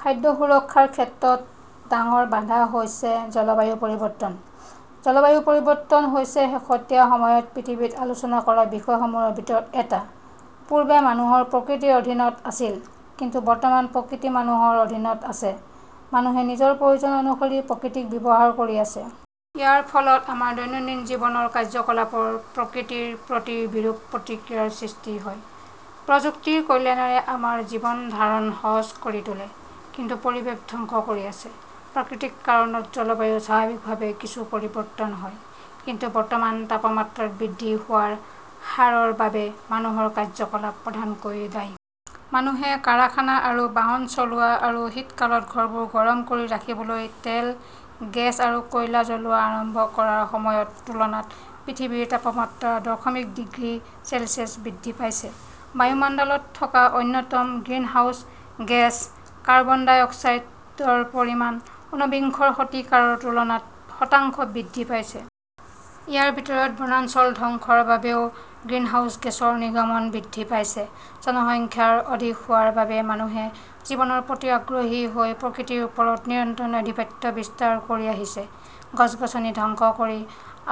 খাদ্য সুৰক্ষাৰ ক্ষেত্ৰত ডাঙৰ বাধা হৈছে, জলবায়ু পৰিৱৰ্তন। জলবায়ু পৰিৱৰ্তন হৈছে শেহতীয়া সময়ত পৃথিৱীত আলোচনা কৰা বিষয়সমূহৰ ভিতৰত এটা। পূৰ্বে মানুহৰ প্ৰকৃতিৰ অধীনত আছিল; কিন্তু বৰ্তমান প্ৰকৃতি মানুহৰ অধীনত আছে। মানুহে নিজৰ প্ৰয়োজন অনুসৰি প্ৰকৃতিক ব্যৱহাৰ কৰি আছে। ইয়াৰ ফলত আমাৰ দৈনন্দিন জীৱনৰ কাৰ্যকলাপৰ প্ৰকৃতিৰ প্ৰতি বিৰূপ প্ৰতিক্ৰিয়াৰ সৃষ্টি হয়। প্ৰযুক্তিৰ কল্যাণে আমাৰ জীৱন ধাৰণ সহজ কৰি তোলে, কিন্তু পৰিৱেশ ধ্বংস কৰি আছে। প্ৰাকৃতিক কাৰণত জলবায়ুৰ স্বাভাৱিকভাৱে কিছু পৰিৱৰ্তন হয়। কিন্তু বৰ্তমান তাপমাত্ৰা বৃদ্ধি হোৱাৰ হাৰৰ বাবে মানুহৰ কাৰ্যকলাপ প্ৰধানকৈ দায়ী। মানুহে কাৰাখানা আৰু বাহন চলোৱা আৰু শীতকালত ঘৰবোৰ গৰম কৰি ৰাখিবলৈ তেল, গেছ আৰু কয়লা জ্বলোৱা আৰম্ভ কৰাৰ সময়ৰ তুলনাত পৃথিৱীৰ তাপমাত্ৰা দশমিক ডিগ্ৰী চেলছিয়াছ বৃদ্ধি পাইছে। বায়ুমণ্ডলত থকা অন্যতম গ্ৰিনহাউচ গেছ কাৰ্বন ডাই অক্সাইডৰ পৰিমাণ ঊনবিংশ শতিকাৰ তুলনাত শতাংশ বৃদ্ধি পাইছে। ইয়াৰ ভিতৰত, বনাঞ্চল ধ্বংসৰ বাবেও গ্ৰিনহাউচ গেছৰ নিৰ্গমন বৃদ্ধি পাইছে। জনসংখ্যা অধিক হোৱাৰ বাবে মানুহে জীৱনৰ প্ৰতি আগ্ৰহী হৈ প্ৰকৃতিৰ ওপৰত নিৰন্তৰ আধিপত্য বিস্তাৰ কৰি আহিছে। গছ-গছনি ধ্বংস কৰি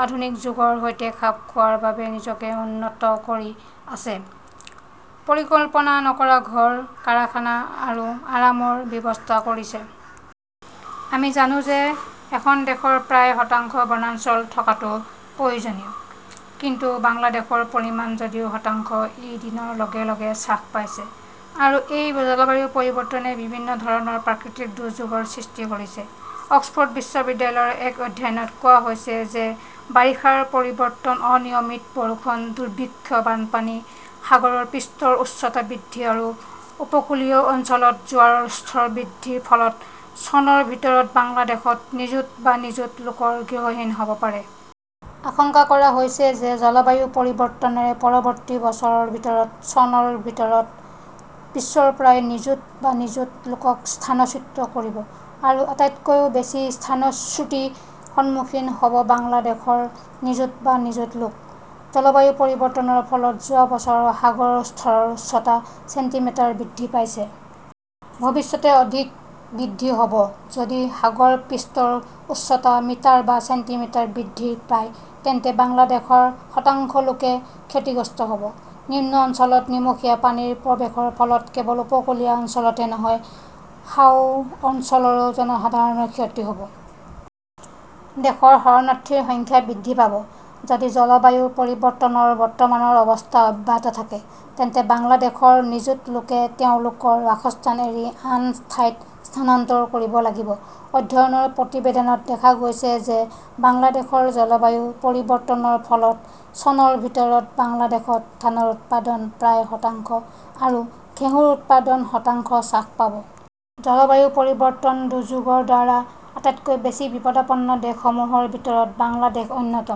আধুনিক যুগৰ সৈতে খাপ খোৱাৰ বাবে নিজকে উন্নত কৰি আছে, পৰিকল্পনা নকৰা ঘৰ, কাৰাখানা আৰু আৰামৰ ব্যৱস্থা কৰিছে। আমি জানো যে, এখন দেশৰ প্ৰায় শতাংশ বনাঞ্চল থকাটো প্ৰয়োজনীয়, কিন্তু বাংলাদেশৰ পৰিমাণ যদিও শতাংশ, ই দিনৰ লগে লগে হ্ৰাস পাইছে। আৰু এই জলবায়ু পৰিৱৰ্তনে বিভিন্ন ধৰণৰ প্ৰাকৃতিক দুৰ্যোগৰ সৃষ্টি কৰিছে। অক্সফ'ৰ্ড বিশ্ববিদ্যালয়ৰ এক অধ্যয়নত কোৱা হৈছে যে, বাৰিষাৰ পৰিৱৰ্তন, অনিয়মিত বৰষুণ, দুৰ্ভিক্ষ, বানপানী, সাগৰৰ পৃষ্ঠৰ উচ্চতা বৃদ্ধি আৰু উপকূলীয় অঞ্চলত জোৱাৰৰ স্তৰ বৃদ্ধিৰ ফলত চনৰ ভিতৰত বাংলাদেশত নিযুত বা নিযুত লোকৰ গৃহহীন হ'ব পাৰে। আশংকা কৰা হৈছে যে, জলবায়ু পৰিৱৰ্তনে পৰৱৰ্তী বছৰৰ ভিতৰত, চনৰ ভিতৰত বিশ্বৰ প্ৰায় নিযুত বা নিযুত লোকক স্থানচ্যুত কৰিব আৰু আটাইতকৈ বেছি স্থানচ্যুতিৰ সন্মুখীন হ'ব বাংলাদেশৰ নিযুত বা নিযুত লোক। জলবায়ু পৰিৱৰ্তনৰ ফলত যোৱা বছৰত সাগৰৰ স্তৰৰ উচ্চতা ছেণ্টিমিটাৰ বৃদ্ধি পাইছে। ভৱিষ্যতে অধিক বৃদ্ধি হ'ব, যদি সাগৰ পৃষ্ঠৰ উচ্চতা মিটাৰ বা ছেণ্টিমিটাৰ বৃদ্ধি পায়, তেন্তে বাংলাদেশৰ শতাংশ লোকে ক্ষতিগ্ৰস্ত হ'ব। নিম্ন অঞ্চলত নিমখীয়া পানীৰ প্ৰৱেশৰ ফলত কেৱল উপকূলীয় অঞ্চলতে নহয়, হাওৰ অঞ্চলৰ জনসাধাৰণো ক্ষতি হ'ব। দেশত শৰণাৰ্থীৰ সংখ্যা বৃদ্ধি পাব। যদি জলবায়ু পৰিৱৰ্তনৰ বৰ্তমানৰ অৱস্থা অব্যাহত থাকে, তেন্তে বাংলাদেশৰ নিযুত লোকে তেওঁলোকৰ বাসস্থান এৰি আন ঠাইত স্থানান্তৰ কৰিব লাগিব। অধ্যয়নৰ প্ৰতিবেদনত দেখা গৈছে যে বাংলাদেশৰ জলবায়ু পৰিৱৰ্তনৰ ফলত চনৰ ভিতৰত বাংলাদেশত ধানৰ উৎপাদন প্ৰায় শতাংশ আৰু ঘেঁহুৰ উৎপাদন শতাংশ চাস পাব। জলবায়ু পৰিৱৰ্তন দুৰ্যোগৰ দ্বাৰা আটাইতকৈ বেছি বিপদাপন্ন দেশসমূহৰ ভিতৰত বাংলাদেশ অন্যতম।